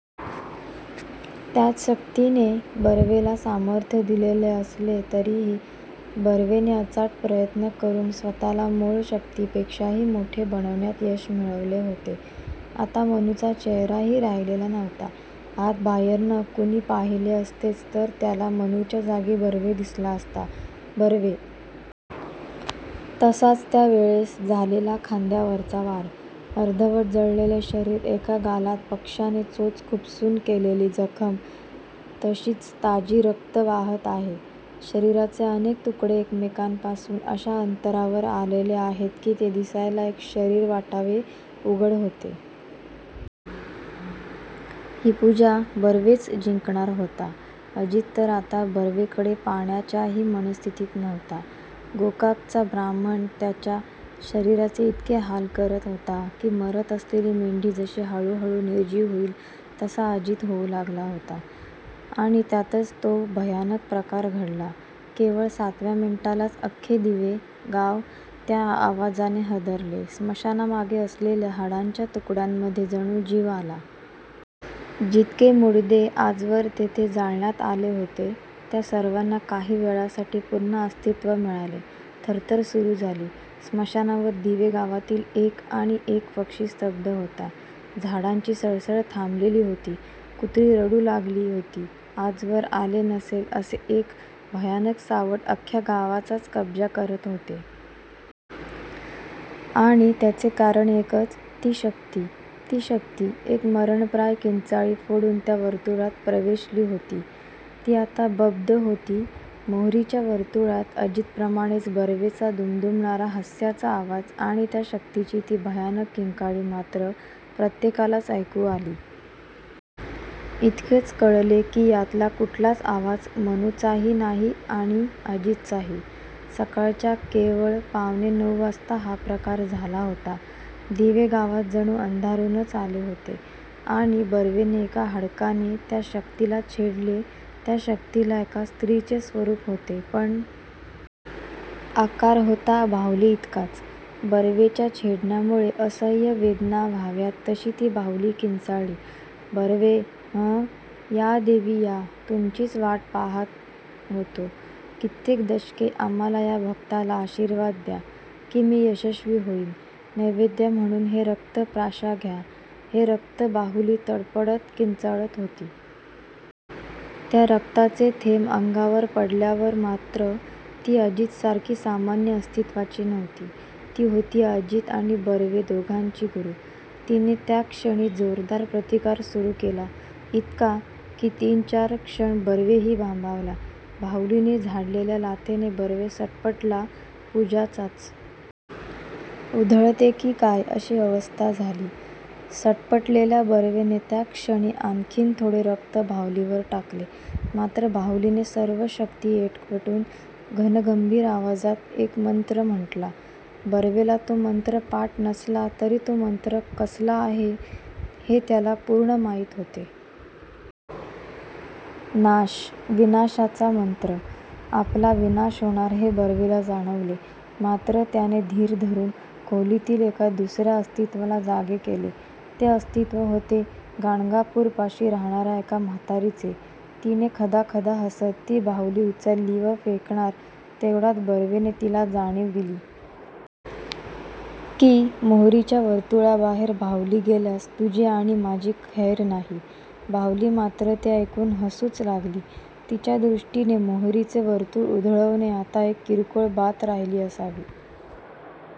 त्याच शक्तीने बर्वेला सामर्थ्य दिलेले असले तरीही बर्वेने अचाट प्रयत्न करून स्वतःला मूळ शक्तीपेक्षाही मोठे बनवण्यात यश मिळवलेले होते. आता मनूचा चेहराही राहिलेला नव्हता, आताबाहेर्न कुणी पाहिले असतेच तर त्याला मनूच्या जागी बर्वे दिसला असता. बर्वे! तसाच त्या वेळेस झालेला खांद्यावरचा वार! अर्धवट जळलेले शरीर एका गालात पक्ष्याने चोच खुपसून केलेली जखम तशीच ताजी रक्त वाहात आहे. शरीराचे अनेक तुकडे एकमेकांपासून अशा अंतरावर आलेले आहेत की ते दिसायला एक शरीर वाटावे उघड होते. ही पूजा बर्वेच जिंकणार होता. अजित तर आता बर्वेकडे पाहण्याच्याही मनस्थितीत नव्हता गोकाकचा ब्राह्मण त्याच्या शरीराचे इतके हाल करत होता. की मरत असलेली मेंढी जशी हळूहळू निर्जीव होईल तसा अजित होऊ लागला होता. आणि त्यातच तो भयानक प्रकार घडला केवळ सातव्या मिनिटालाच अख्खे दिवे गाव त्या आवाजाने हादरले, स्मशानामागे असलेल्या हाडांच्या तुकड्यांमध्ये जणू जीव आला. जितके मुडदे आजवर तेथे जाळण्यात आले होते. त्या सर्वांना काही वेळासाठी पुन्हा अस्तित्व मिळाले. थरथर सुरू झाली स्मशानावर दिवे गावातील एक आणि एक पक्षी स्तब्ध होता. झाडांची सळसळ थांबलेली होती. कुत्री रडू लागली होती, आजवर आले नसेल, असे एक भयानक सावट अख्ख्या गावाचाच कब्जा करत होते. आणि त्याचे कारण एकच ती शक्ती ती शक्ती एक मरणप्राय किंचाळी फोडून त्या वर्तुळात प्रवेशली होती. ती आता बद्ध होती मोहरीच्या वर्तुळात अजितप्रमाणेच, बर्वेचा दुमदुमणारा हास्याचा आवाज आणि त्या शक्तीची ती भयानक किंकाळी मात्र प्रत्येकालाच ऐकू आली. इतकेच कळले की यातला कुठलाच आवाज मनूचाही नाही आणि अजितचाही! सकाळच्या केवळ पावणे नऊ वाजता हा प्रकार झाला होता. दिवे गावात जणू अंधारूनच आले होते.. आणि बर्वेने एका हाडकाने त्या शक्तीला छेडले त्या शक्तीला एका स्त्रीचे स्वरूप होते.पण आकार होता बाहुलीइतकाच, बर्वेच्या छेडण्यामुळे असह्य वेदना व्हाव्यात तशी ती बाहुली किंचाळली, बर्वे हं! या देवी या तुमचीच वाट पाहात होतो. कित्येक दशके, आम्हाला या भक्ताला आशीर्वाद द्या, की मी यशस्वी होईन. नैवेद्य म्हणून हे रक्त प्राशा घ्या, हे रक्त बाहुली तडफडत किंचाळत होती. त्या रक्ताचे थेंब अंगावर पडल्यावर! मात्र ती अजितसारखी सामान्य अस्तित्वाची नव्हती. ती होती अजित आणि बर्वे दोघांची गुरू! तिने त्याच्क्षणी जोरदार प्रतिकार सुरू केला. इतका, की तीन चार क्षण बर्वेही भांबावला. बाहुलीने झाडलेल्या लाथेने बर्वे सटपटला. पूजाच उधळते की काय अशी अवस्था झाली. सटपटलेल्या बर्वेने त्याच क्षणी आणखीन थोडे रक्त बाहुलीवर टाकले. मात्र बाहुलीने सर्व शक्ती एकवटून घनगंभीर आवाजात एक मंत्र म्हंटला, बर्वेला तो मंत्र पाठ नसला तरी तो मंत्र कसला आहे हे त्याला पूर्ण माहीत होते. नाश! विनाशाचा मंत्र! आपला विनाश होणार हे बर्वेला जाणवले! मात्र त्याने धीर धरून खोलीतील एका दुसर्या अस्तित्वाला जागे केले. ते अस्तित्व होते गाणगापूरपाशी राहणार्या एका म्हातारीचे तिने खदाखदा हासत, ती बाहुली उचलली व फेकणार तेवढ्यात बर्वेने तिला जाणीव दिली. की मोहरीच्या वर्तुळाबाहेर बाहुली गेल्यास तुझी आणि माझी खैर नाही. बाहुली मात्र ते ऐकून हसूच लागली. तिच्या दृष्टीने मोहरीचे वर्तुळ उधळवणे आता एक किरकोळ बात राहिली असावी.